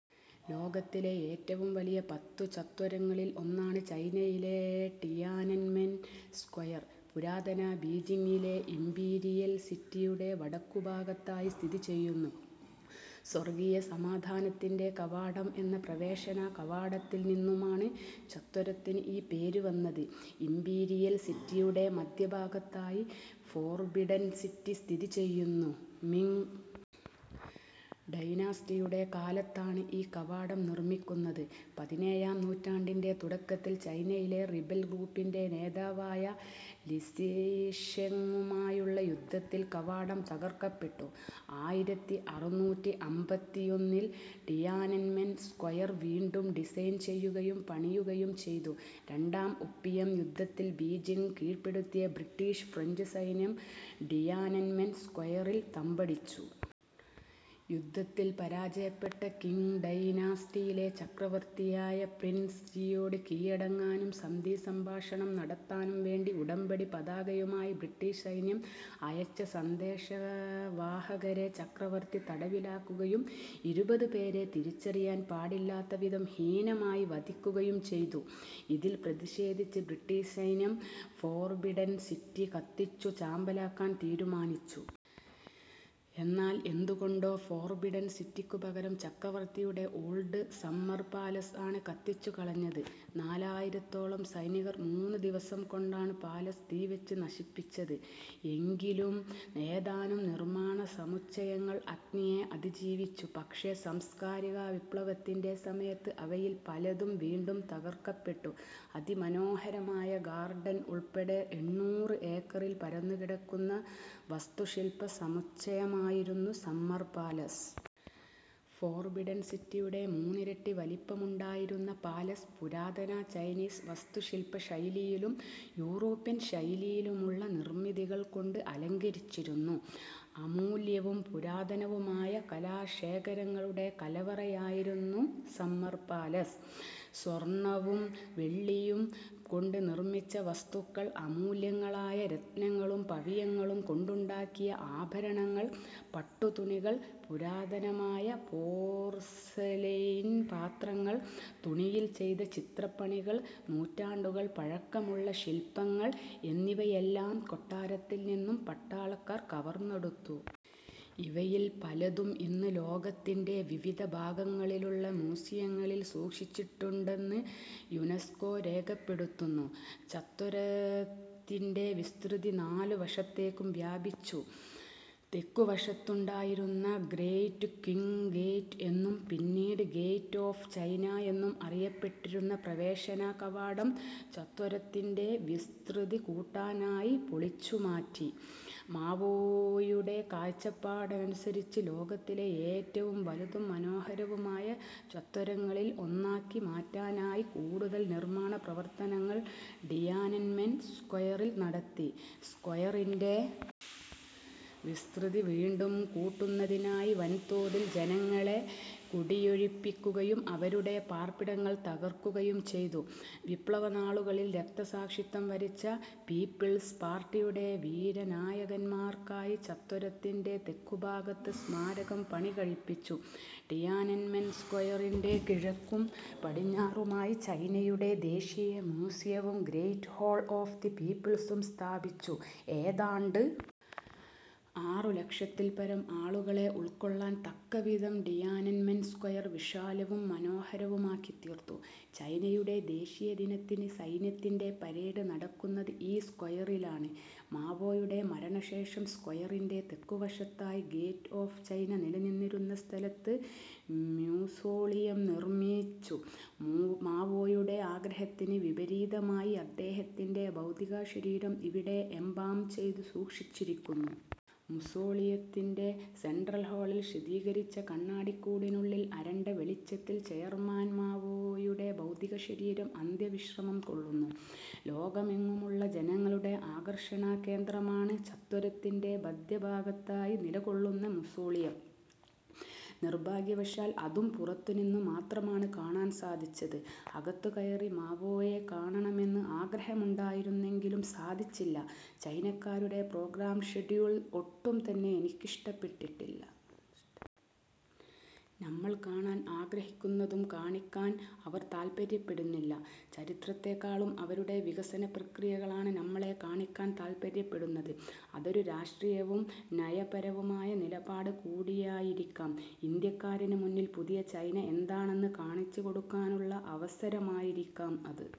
ലോകത്തിലെ ഏറ്റവും വലിയ പത്തു ചത്വരങ്ങളിൽ ഒന്നാണ് ചൈനയിലെ ടിയാനൻമെൻ സ്ക്വയർ. പുരാതന ബീജിങ്ങിലെ ഇമ്പീരിയൽ സിറ്റിയുടെ വടക്കുഭാഗത്തായി സ്ഥിതി ചെയ്യുന്നു. സ്വർഗീയ സമാധാനത്തിൻ്റെ കവാടം എന്ന പ്രവേശന കവാടത്തിൽ നിന്നുമാണ് ചത്വരത്തിന് ഈ പേര് വന്നത്. ഇമ്പീരിയൽ സിറ്റിയുടെ മധ്യഭാഗത്തായി ഫോർബിഡൻ സിറ്റി സ്ഥിതി ചെയ്യുന്നു. മിംഗ് ഡൈനാസ്റ്റിയുടെ കാലത്താണ് ഈ കവാടം നിർമ്മിക്കുന്നത്. പതിനേഴാം നൂറ്റാണ്ടിൻ്റെ തുടക്കത്തിൽ ചൈനയിലെ റിബൽ ഗ്രൂപ്പിൻ്റെ നേതാവായ ലി സീഷെങ്ങുമായുള്ള യുദ്ധത്തിൽ കവാടം തകർക്കപ്പെട്ടു. ആയിരത്തി അറുന്നൂറ്റി അമ്പത്തിയൊന്നിൽ ടിയാനൻമെൻ സ്ക്വയർ വീണ്ടും ഡിസൈൻ ചെയ്യുകയും പണിയുകയും ചെയ്തു.രണ്ടാം ഒപ്പിയം യുദ്ധത്തിൽ ബീജിങ് കീഴ്പ്പെടുത്തിയ ബ്രിട്ടീഷ് ഫ്രഞ്ച് സൈന്യം ടിയാനൻമെൻ സ്ക്വയറിൽ തമ്പടിച്ചു. യുദ്ധത്തിൽ പരാജയപ്പെട്ട ക്വിങ് ഡൈനാസ്റ്റിയിലെ ചക്രവർത്തിയായ പ്രിൻസ് യിയോട് കീഴടങ്ങാനും സന്ധിസംഭാഷണം നടത്താനും വേണ്ടി ഉടമ്പടി പതാകയുമായി ബ്രിട്ടീഷ് സൈന്യം അയച്ച സന്ദേശവാഹകരെ ചക്രവർത്തി തടവിലാക്കുകയും ഇരുപത് പേരെ തിരിച്ചറിയാൻ പാടില്ലാത്തവിധം ഹീനമായി വധിക്കുകയും ചെയ്തു. ഇതിൽ പ്രതിഷേധിച്ച് ബ്രിട്ടീഷ് സൈന്യം ഫോർബിഡൻ സിറ്റി കത്തിച്ചു ചാമ്പലാക്കാൻ തീരുമാനിച്ചു. എന്നാൽ എന്തുകൊണ്ടോ ഫോർബിഡൻ സിറ്റിക്കു പകരം ചക്രവർത്തിയുടെ ഓൾഡ് സമ്മർ പാലസ് ആണ് കത്തിച്ചുകളഞ്ഞത്. നാലായിരത്തോളം സൈനികർ മൂന്ന് ദിവസം കൊണ്ടാണ് പാലസ് തീവെച്ച് നശിപ്പിച്ചത്. എങ്കിലും ഏതാനും നിർമ്മാണസമുച്ചയങ്ങൾ അഗ്നിയെ അതിജീവിച്ചു. പക്ഷേ സാംസ്കാരിക വിപ്ലവത്തിൻ്റെ സമയത്ത് അവയിൽ പലതും വീണ്ടും തകർക്കപ്പെട്ടു. അതിമനോഹരമായ ഗാർഡൻ ഉൾപ്പെടെ എണ്ണൂറ് ഏക്കറിൽ പരന്നുകിടക്കുന്ന വാസ്തുശില്പ സമുച്ചയമായിരുന്നു സമ്മർ പാലസ്. ഫോർബിഡൻ സിറ്റിയുടെ മൂന്നിരട്ടി വലുപ്പമുണ്ടായിരുന്ന പാലസ് പുരാതന ചൈനീസ് വാസ്തുശില്പശൈലിയിലും യൂറോപ്യൻ ശൈലിയിലുമുള്ള നിർമ്മിതികൾ കൊണ്ട് അലങ്കരിച്ചിരുന്നു. അമൂല്യവും പുരാതനവുമായ കലാശേഖരങ്ങളുടെ കലവറയായിരുന്നു സമ്മർ പാലസ്. സ്വർണവും വെള്ളിയും കൊണ്ട് നിർമ്മിച്ച വസ്തുക്കൾ, അമൂല്യങ്ങളായ രത്നങ്ങളും പവിഴങ്ങളും കൊണ്ടുണ്ടാക്കിയ ആഭരണങ്ങൾ, പട്ടുതുണികൾ, പുരാതനമായ പോർസലെയിൻ പാത്രങ്ങൾ, തുണിയിൽ ചെയ്ത ചിത്രപ്പണികൾ, നൂറ്റാണ്ടുകൾ പഴക്കമുള്ള ശിൽപ്പങ്ങൾ എന്നിവയെല്ലാം കൊട്ടാരത്തിൽനിന്നും പട്ടാളക്കാർ കവർന്നെടുത്തു. ഇവയിൽ പലതും ഇന്ന് ലോകത്തിൻ്റെ വിവിധ ഭാഗങ്ങളിലുള്ള മ്യൂസിയങ്ങളിൽ സൂക്ഷിച്ചിട്ടുണ്ടെന്ന് യുനെസ്കോ രേഖപ്പെടുത്തുന്നു. ചത്വരത്തിൻ്റെ വിസ്തൃതി നാലു വശത്തേക്കും വ്യാപിപ്പിച്ചു. തെക്കുവശത്തുണ്ടായിരുന്ന ഗ്രേറ്റ് ക്വിങ് ഗേറ്റ് എന്നും പിന്നീട് ഗേറ്റ് ഓഫ് ചൈന എന്നും അറിയപ്പെട്ടിരുന്ന പ്രവേശന കവാടം ചത്വരത്തിൻ്റെ വിസ്തൃതി കൂട്ടാനായി പൊളിച്ചുമാറ്റി. മാവോയുടെ കാഴ്ചപ്പാടനുസരിച്ച് ലോകത്തിലെ ഏറ്റവും വലുതും മനോഹരവുമായ ചത്വരങ്ങളിൽ ഒന്നാക്കി മാറ്റാനായി കൂടുതൽ നിർമ്മാണപ്രവർത്തനങ്ങൾ ടിയാനൻമെൻ സ്ക്വയറിൽ നടത്തി. സ്ക്വയറിൻ്റെ വിസ്തൃതി വീണ്ടും കൂട്ടുന്നതിനായി വൻതോതിൽ ജനങ്ങളെ കുടിയൊഴിപ്പിക്കുകയും അവരുടെ പാർപ്പിടങ്ങൾ തകർക്കുകയും ചെയ്തു. വിപ്ലവനാളുകളിൽ രക്തസാക്ഷിത്വം വരിച്ച പീപ്പിൾസ് പാർട്ടിയുടെ വീരനായകന്മാർക്കായി ചത്വരത്തിൻ്റെ തെക്കുഭാഗത്ത് സ്മാരകം പണികഴിപ്പിച്ചു. ടിയാനൻമെൻ സ്ക്വയറിൻ്റെ കിഴക്കും പടിഞ്ഞാറുമായി ചൈനയുടെ ദേശീയ മ്യൂസിയവും ഗ്രേറ്റ് ഹാൾ ഓഫ് ദി പീപ്പിൾസും സ്ഥാപിച്ചു. ഏതാണ്ട് ആറു ലക്ഷത്തിൽപരം ആളുകളെ ഉൾക്കൊള്ളാൻ തക്കവിധം ടിയാനൻമെൻ സ്ക്വയർ വിശാലവും മനോഹരവുമാക്കിത്തീർത്തു. ചൈനയുടെ ദേശീയ ദിനത്തിന് സൈന്യത്തിൻ്റെ പരേഡ് നടക്കുന്നത് ഈ സ്ക്വയറിലാണ്. മാവോയുടെ മരണശേഷം സ്ക്വയറിൻ്റെ തെക്കുവശത്തായി, ഗേറ്റ് ഓഫ് ചൈന നിലനിന്നിരുന്ന സ്ഥലത്ത് മുസോളിയം നിർമ്മിച്ചു. മാവോയുടെ ആഗ്രഹത്തിന് വിപരീതമായി അദ്ദേഹത്തിൻ്റെ ഭൗതികശരീരം ഇവിടെ എംബാം ചെയ്തു സൂക്ഷിച്ചിരിക്കുന്നു. മുസോളിയത്തിൻ്റെ സെൻട്രൽ ഹാളിൽ ശീതീകരിച്ച കണ്ണാടിക്കൂടിനുള്ളിൽ അരണ്ട വെളിച്ചത്തിൽ ചെയർമാൻ മാവോയുടെ ഭൗതികശരീരം അന്ത്യവിശ്രമം കൊള്ളുന്നു. ലോകമെങ്ങുമുള്ള ജനങ്ങളുടെ ആകർഷണകേന്ദ്രമാണ് ചത്വരത്തിൻ്റെ മധ്യഭാഗത്തായി നിലകൊള്ളുന്ന മുസോളിയം. നിർഭാഗ്യവശാൽ അതും പുറത്തുനിന്നു മാത്രമാണ് കാണാൻ സാധിച്ചത്. അകത്തു കയറി മാവോയെ കാണണമെന്ന് ആഗ്രഹമുണ്ടായിരുന്നെങ്കിലും സാധിച്ചില്ല. ചൈനക്കാരുടെ പ്രോഗ്രാം ഷെഡ്യൂൾ ഒട്ടുംതന്നെ എനിക്കിഷ്ടപ്പെട്ടില്ല. നമ്മൾ കാണാൻ ആഗ്രഹിക്കുന്നതൊന്നും കാണിക്കാൻ അവർ താൽപ്പര്യപ്പെടുന്നില്ല. ചരിത്രത്തേക്കാളും അവരുടെ വികസനപ്രക്രിയകളാണ് നമ്മളെ കാണിക്കാൻ താൽപ്പര്യപ്പെടുന്നത്. അതൊരു രാഷ്ട്രീയവും നയപരവുമായ നിലപാട് കൂടിയായിരിക്കാം. ഇന്ത്യക്കാരന് മുന്നിൽ പുതിയ ചൈന എന്താണെന്ന് കാണിച്ചുകൊടുക്കാനുള്ള അവസരമായിരിക്കാം അത്.